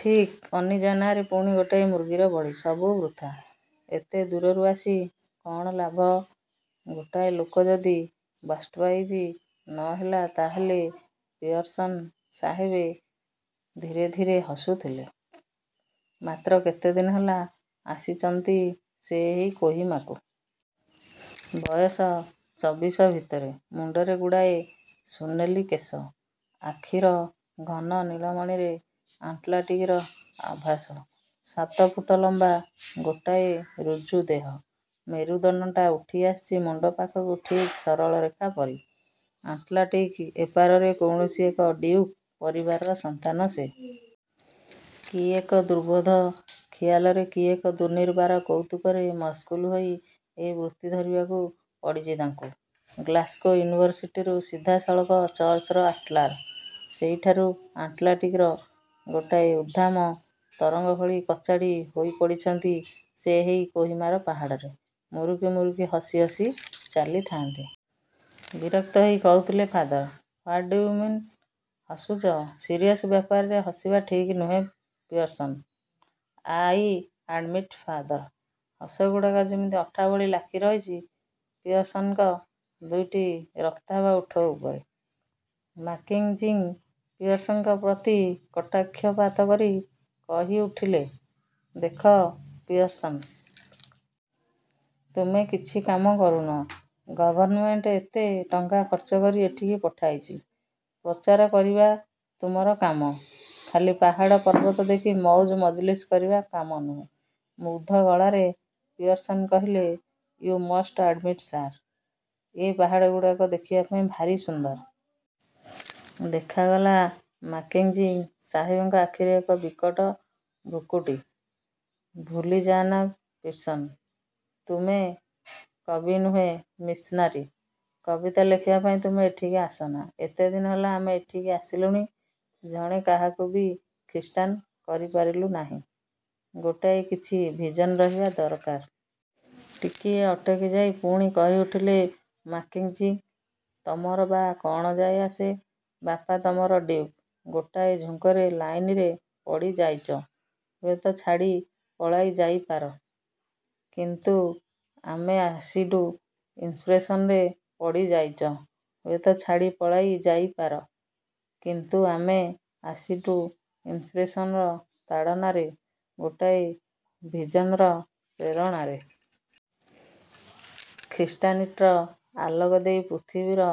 ଠିକ୍ ଅନିଜା ନାଁରେ ପୁଣି ଗୋଟାଏ ମୁର୍ଗୀର ବଳି। ସବୁ ବୃଥା। ଏତେ ଦୂରରୁ ଆସି କ'ଣ ଲାଭ? ଗୋଟାଏ ଲୋକ ଯଦି ବାପ୍ଟାଇଜ୍ଡ଼ ନ ହେଲା ତାହାହେଲେ ପିୟର୍ସନ ସାହେବ ଧୀରେ ଧୀରେ ହସୁଥିଲେ। ମାତ୍ର କେତେଦିନ ହେଲା ଆସିଚନ୍ତି ସେ ଏହି କୋହିମାକୁ। ବୟସ ଚବିଶ ଭିତରେ। ମୁଣ୍ଡରେ ଗୁଡ଼ାଏ ସୁନେଲୀ କେଶ। ଆଖିର ଘନ ନୀଳମଣିରେ ଆଟଲାଣ୍ଟିକର ଆଭାସ। ସାତ ଫୁଟ ଲମ୍ବା ଗୋଟାଏ ଋଜୁ ଦେହ। ମେରୁଦଣ୍ଡଟା ଉଠିଆସିଚି ମୁଣ୍ଡ ପାଖକୁ ଠିକ୍ ସରଳରେଖା ପରି। ଆଟଲାଣ୍ଟିକ ଏପାରରେ କୌଣସି ଏକ ଡିଉକ୍ ପରିବାରର ସନ୍ତାନ ସେ। କି ଏକ ଦୁର୍ବୋଧ୍ୟ ଖିଆଲରେ କି ଏକ ଦୁର୍ନିବାର କୌତୁକରେ ମସଗୁଲ ହୋଇ ଏହି ବୃତ୍ତି ଧରିବାକୁ ପଡ଼ିଚି ତାଙ୍କୁ। ଗ୍ଳାସଗୋ ୟୁନିଭରସିଟିରୁ ସିଧାସଳଖ ଚର୍ଚ୍ଚର ଆଲ୍ଟାର। ସେଇଠାରୁ ଆଟଲାଣ୍ଟିକାର ଗୋଟାଏ ଉଦ୍ଦାମ ତରଙ୍ଗ ଭଳି କଚାଡ଼ି ହୋଇପଡ଼ିଚନ୍ତି ସେ ଏହି କୋହିମାର ପାହାଡ଼ରେ। ମୁରୁକି ମୁରୁକି ହସ ହସି ଚାଲିଥାଆନ୍ତି। ବିରକ୍ତ ହୋଇ କହୁଥିଲେ ଫାଦର–ହ୍ୱାଟ୍ ଡ଼ୁ ୟୁ ମିନୁ? ହସୁଚ? ସରିୟସ ବ୍ୟାପରରେ ହସିବା ଠିକ୍ ନୁହେଁ ପିୟର୍ସନ! –I admit father. ହସଗୁଡ଼ାକ ଯେମିତି ଅଠା ଭଳି ଲାଖିରହିଚି ପିୟର୍ସନଙ୍କ ଦୁଇଟି ରକ୍ତାଭ ଓଠ ଉପରେ। ମାକେଂଜିଂ ପିୟର୍ସଙ୍କ ପ୍ରତି କଟାକ୍ଷପାତ କରି କହିଉଠିଲେ–ଦେଖ ପିୟର୍ସନ। ତୁମେ କିଛି କାମ କରୁନ। ଗଭର୍ଣ୍ଣମେଣ୍ଟ ଏତେ ଟଙ୍କା ଖର୍ଚ୍ଚ କରି ଏଠିକି ପଠାଇଚି। ପ୍ରଚାର କରିବା ତୁମର କାମ, ଖାଲି ପାହାଡ଼ ପର୍ବତ ଦେଖି ମଉଜ ମଜଲିସ୍ କରିବା କାମ ନୁହେଁ। ମୁଗ୍ଧ ଗଳାରେ ପିୟର୍ସନ କହିଲେ–ୟୁ ମଷ୍ଟ ଆଡ଼୍ମିଟ ସାର–ଏ ପାହାଡ଼ଗୁଡ଼ାକ ଦେଖିବା ପାଇଁ ଭାରି ସୁନ୍ଦର। ଦେଖାଗଲା ମାକେଂଜି ସାହେବଙ୍କ ଆଖିରେ ଏକ ବିକଟ ଭ୍ରୁକୁଟି–ଭୁଲି ଯାଅନା ପିର୍ସନ, ତୁମେ କବି ନୁହଁ, ମିଶନାରୀ। କବିତା ଲେଖିବା ପାଇଁ ତୁମେ ଏଠିକି ଆସିନା। ଏତେଦିନ ହେଲା ଆମେ ଏଠିକି ଆସିଲୁଣି, ଜଣେ କାହାକୁ ବି ଖ୍ରୀଷ୍ଟାନ କରିପାରିଲୁ ନାହିଁ। ଗୋଟାଏ କିଛି ଭିଜନ ରହିବା ଦରକାର। ଟିକିଏ ଅଟକି ଯାଇ ପୁଣି କହିଉଠିଲେ ମାକେଂଜି–ତମର ବା କ'ଣ ଯାଏ ଆସେ? ବାପା ତମର ଡ଼ିଉକ୍। ଗୋଟାଏ ଝୁଙ୍କରେ ଏ ଲାଇନରେ ପଡ଼ିଯାଇଚ, ହୁଏତ ଛାଡ଼ି ପଳାଇ ଯାଇପାର। କିନ୍ତୁ ଆମେ ଆସିଡ଼ୁ ଇନ୍ସପ୍ରେସନରେ ପଡ଼ିଯାଇଚ, ହୁଏତ ଛାଡ଼ି ପଳାଇ ଯାଇପାର-। କିନ୍ତୁ ଆମେ ଆସିଡ଼ୁ ଇନ୍ସପ୍ରେସନର ତାଡ଼ନାରେ, ଗୋଟାଏ ଭିଜନ୍ର ପ୍ରେରଣାରେ-। ଖ୍ରୀଷ୍ଟାନିଟ୍ର ଆଲୋକ ଦେଇ ପୃଥିବୀର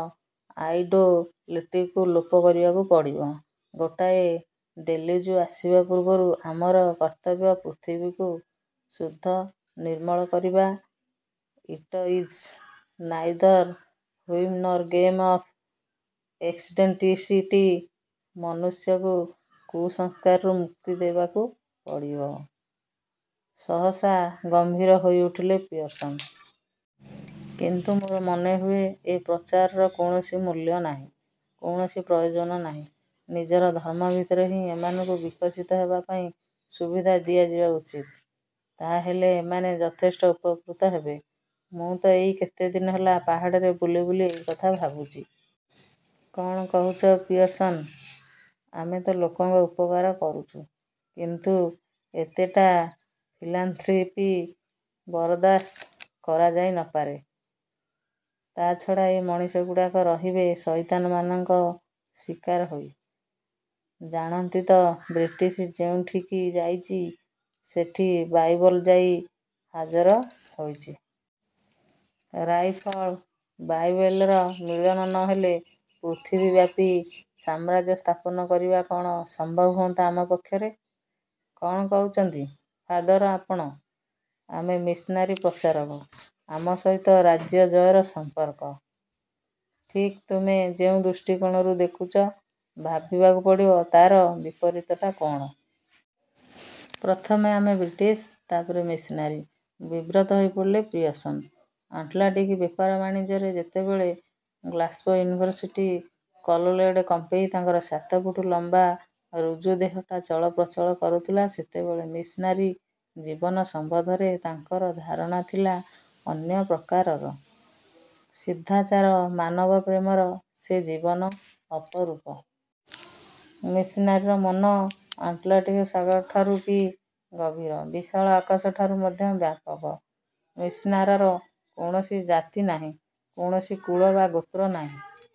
ଆଇଡ଼ୋଲେଟ୍ରିକୁ ଲୋପ କରିବାକୁ ପଡ଼ିବ। ଗୋଟାଏ ଡ଼େଲ୍ୟୁଜ ଆସିବା ପୂର୍ବରୁ ଆମର କର୍ତ୍ତବ୍ୟ ପୃଥିବୀକୁ। ଶୁଦ୍ଧ, ନିର୍ମଳ କରିବା। It is neither whim nor game of accidentality. ମନୁଷ୍ୟକୁ କୁସଂସ୍କାରରୁ ମୁକ୍ତି ଦେବାକୁ ପଡ଼ିବ-।……. ସହସା ଗମ୍ଭୀର ହୋଇଉଠିଲେ ପିୟର୍ସନ। କିନ୍ତୁ ମୋର ମନେହୁଏ, ଏ ପ୍ରଚାରର କୌଣସି ମୂଲ୍ୟ ନାହିଁ। କୌଣସି ପ୍ରୟୋଜନ ନାହିଁ। ନିଜର ଧର୍ମ ଭିତରେ ହିଁ ଏମାନଙ୍କୁ ବିକଶିତ ହେବା ପାଇଁ ସୁବିଧା ଦିଆଯିବା ଉଚିତ। ତାହାହେଲେ ଏମାନେ ଯଥେଷ୍ଟ ଉପକୃତ ହେବେ। ମୁଁ ତ ଏଇ କେତେଦିନ ହେଲା ପାହାଡ଼ରେ ବୁଲି ବୁଲି ଏଇ କଥା ଭାବୁଚି। –କ'ଣ କହୁଚ ପିୟର୍ସନ। ଆମେ ତ ଲୋକଙ୍କ ଉପକାର କରୁଚୁ, କିନ୍ତୁ ଏତେଟା ଫିଲାନ୍ଥ୍ରପି ବରଦାସ୍ତ କରାଯାଇ ନ ପାରେ। ତା ଛଡ଼ା ଏ ମଣିଷଗୁଡ଼ାକ ରହିବେ ସଇତାନମାନଙ୍କ ଶିକାର ହୋଇ। ଜାଣନ୍ତି ତ ବ୍ରିଟିଶ ଯେଉଁଠିକି ଯାଇଚି, ସେଠି ବାଇବଲ ଯାଇ ହାଜର ହୋଇଚି। ରାଇଫଳ, ବାଇବେଲର ମିଳନ ନ ହେଲେ ପୃଥିବୀବ୍ୟାପୀ ସାମ୍ରାଜ୍ୟ ସ୍ଥାପନ କରିବା କ'ଣ ସମ୍ଭବ ହୁଅନ୍ତା ଆମ ପକ୍ଷରେ? –କ'ଣ କହୁଚନ୍ତି ଫାଦର ଆପଣ! ଆମେ ମିଶନାରୀ, ପ୍ରଚାରକ। ଆମ ସହିତ ରାଜ୍ୟଜୟର ସମ୍ପର୍କ? –ଠିକ୍ ତୁମେ ଯେଉଁ ଦୃଷ୍ଟିକୋଣରୁ ଦେଖୁଚ, ଭାବିବାକୁ ପଡ଼ିବ ତାର ବିପରୀତଟା କ'ଣ-। ପ୍ରଥମେ ଆମେ ବ୍ରିଟିଶ, ତାପରେ ମିଶନାରୀ। ବିବ୍ରତ ହୋଇପଡ଼ିଲେ ପିୟର୍ସନ। ଆଟଲାଣ୍ଟିକ ବେପାର ବାଣିଜ୍ୟରେ ଯେତେବେଳେ ଗ୍ଳାସ୍ଗୋ ୟୁନିଭରସିଟି କଲୋଲେଡ଼ କମ୍ପେଇ ତାଙ୍କର ସାତଫୁଟ ଲମ୍ବା ଋଜୁ ଦେହଟା ଚଳପ୍ରଚଳ କରୁଥିଲା ସେତେବେଳେ ମିଶନାରୀ ଜୀବନ ସମ୍ବନ୍ଧରେ ତାଙ୍କର ଧାରଣା ଥିଲା ଅନ୍ୟ ପ୍ରକାରର। ସିଦ୍ଧାଚାର ମାନବପ୍ରେମର ସେ ଜୀବନ ଅପରୂପ। ମିଶନାରୀର ମନ ଆଟଲାଣ୍ଟିକ ସାଗରଠାରୁ କି ଗଭୀର, ବିଶାଳ ଆକାଶଠାରୁ ମଧ୍ୟ ବ୍ୟାପକ। ମିଶନାରାର କୌଣସି ଜାତି ନାହିଁ, କୌଣସି କୁଳ ବା ଗୋତ୍ର ନାହିଁ।